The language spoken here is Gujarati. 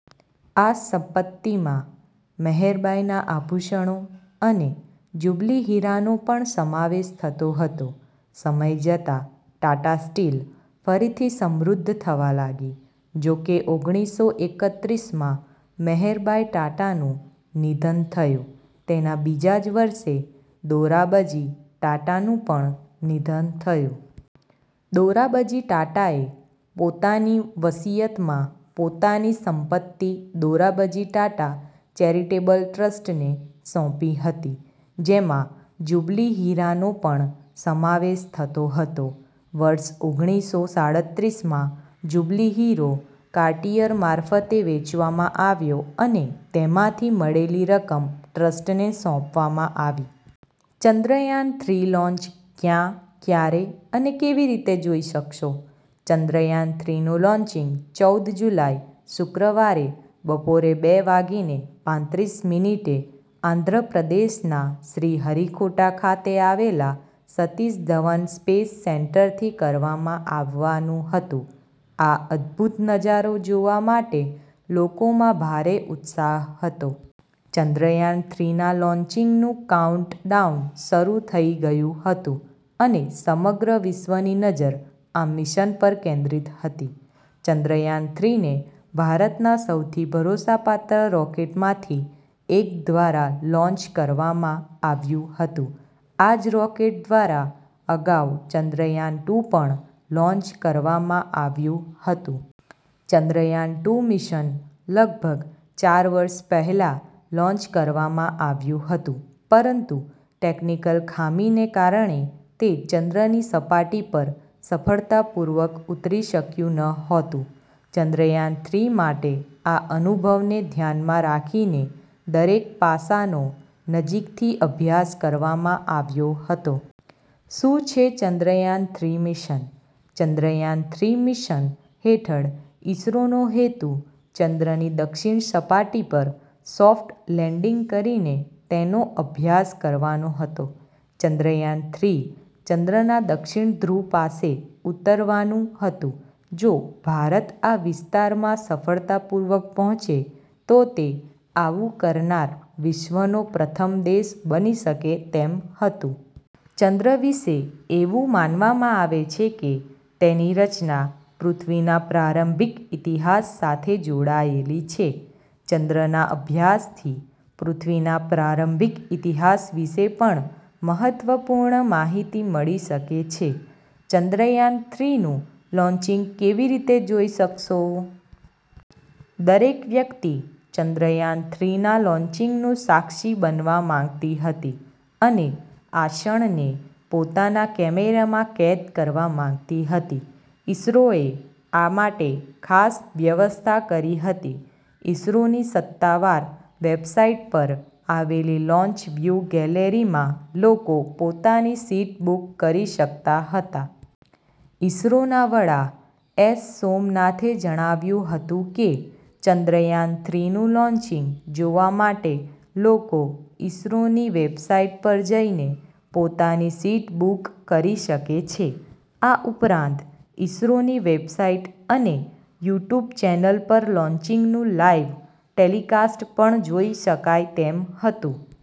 આ સંપત્તિમાં મેહેરબાઈના આભૂષણો અને જુબલી હીરાનો પણ સમાવેશ થતો હતો. સમય જતાં ટાટા સ્ટીલ ફરીથી સમૃદ્ધ થવા લાગી. જોકે, ઓગણીસો એકત્રીસમાં મેહેરબાઈ ટાટાનું નિધન થયું. તેના બીજા જ વર્ષે દોરાબજી ટાટાનું પણ નિધન થયું. દોરાબજી ટાટાએ પોતાની વસીયતમાં પોતાની સંપત્તિ દોરાબજી ટાટા ચેરિટેબલ ટ્રસ્ટને સોંપી હતી, જેમાં જુબલી હીરાનો પણ સમાવેશ થતો હતો. વર્ષ ઓગણીસો સાડત્રીસમાં જુબલી હીરો કાર્ટિયર મારફતે વેચવામાં આવ્યો અને તેમાંથી મળેલી રકમ ટ્રસ્ટને સોંપવામાં આવી. ચંદ્રયાન-થ્રી લોન્ચ: ક્યાં, ક્યારે અને કેવી રીતે જોઈ શકશો? ચંદ્રયાન-થ્રીનું લોન્ચિંગ ચૌદ જુલાઈ, શુક્રવારે બપોરે બે વાગીને પાંત્રીસ મિનિટે આંધ્રપ્રદેશના શ્રીહરિકોટા ખાતે આવેલા સતીશ ધવન સ્પેસ સેન્ટરથી કરવામાં આવવાનું હતું. આ અદભૂત નજારો જોવા માટે લોકોમાં ભારે ઉત્સાહ હતો. ચંદ્રયાન-થ્રીના લોન્ચિંગનું કાઉન્ટડાઉન શરૂ થઈ ગયું હતું અને સમગ્ર વિશ્વની નજર આ મિશન પર કેન્દ્રિત હતી. ચંદ્રયાન-થ્રીને ભારતના સૌથી ભરોસાપાત્ર રોકેટમાંથી એક દ્વારા લોન્ચ કરવામાં આવ્યું હતું. આ જ રોકેટ દ્વારા અગાઉ ચંદ્રયાન-ટૂ પણ લોન્ચ કરવામાં આવ્યું હતું. ચંદ્રયાન-ટૂ મિશન લગભગ ચાર વર્ષ પહેલાં લોન્ચ કરવામાં આવ્યું હતું, પરંતુ ટેક્નિકલ ખામીને કારણે તે ચંદ્રની સપાટી પર સફળતાપૂર્વક ઉતરી શક્યું નહોતું. ચંદ્રયાન-થ્રી માટે આ અનુભવને ધ્યાનમાં રાખીને દરેક પાસાનો નજીકથી અભ્યાસ કરવામાં આવ્યો હતો. શું છે ચંદ્રયાન-થ્રી મિશન? ચંદ્રયાન-થ્રી મિશન હેઠળ ઈસરોનો હેતુ ચંદ્રની દક્ષિણ સપાટી પર સોફ્ટ લેન્ડિંગ કરીને તેનો અભ્યાસ કરવાનો હતો. ચંદ્રયાન-થ્રી ચંદ્રના દક્ષિણ ધ્રુવ પાસે ઉતરવાનું હતું. જો ભારત આ વિસ્તારમાં સફળતાપૂર્વક પહોંચે, તો તે આવું કરનાર વિશ્વનો પ્રથમ દેશ બની શકે તેમ હતું. ચંદ્ર વિશે એવું માનવામાં આવે છે કે તેની રચના પૃથ્વીના પ્રારંભિક ઇતિહાસ સાથે જોડાયેલી છે. ચંદ્રના અભ્યાસથી પૃથ્વીના પ્રારંભિક ઇતિહાસ વિશે પણ મહત્વપૂર્ણ માહિતી મળી શકે છે. ચંદ્રયાન-થ્રીનું લોન્ચિંગ કેવી રીતે જોઈ શકશો? દરેક વ્યક્તિ ચંદ્રયાન-થ્રીના લોન્ચિંગનું સાક્ષી બનવા માંગતી હતી અને આ ક્ષણને પોતાના કેમેરામાં કેદ કરવા માંગતી હતી. ઈસરોએ આ માટે ખાસ વ્યવસ્થા કરી હતી. ઈસરોની સત્તાવાર વેબસાઈટ પર આવેલી લોન્ચ વ્યૂ ગેલેરીમાં લોકો પોતાની સીટ બુક કરી શકતા હતા. ઈસરોના વડા એસ. સોમનાથે જણાવ્યું હતું કે ચંદ્રયાન-થ્રીનું લોન્ચિંગ જોવા માટે લોકો ઈસરોની વેબસાઈટ પર જઈને પોતાની સીટ બુક કરી શકે છે. આ ઉપરાંત, ઈસરોની વેબસાઈટ અને યુટ્યુબ ચેનલ પર લોન્ચિંગનું લાઈવ ટેલિકાસ્ટ પણ જોઈ શકાય તેમ હતું.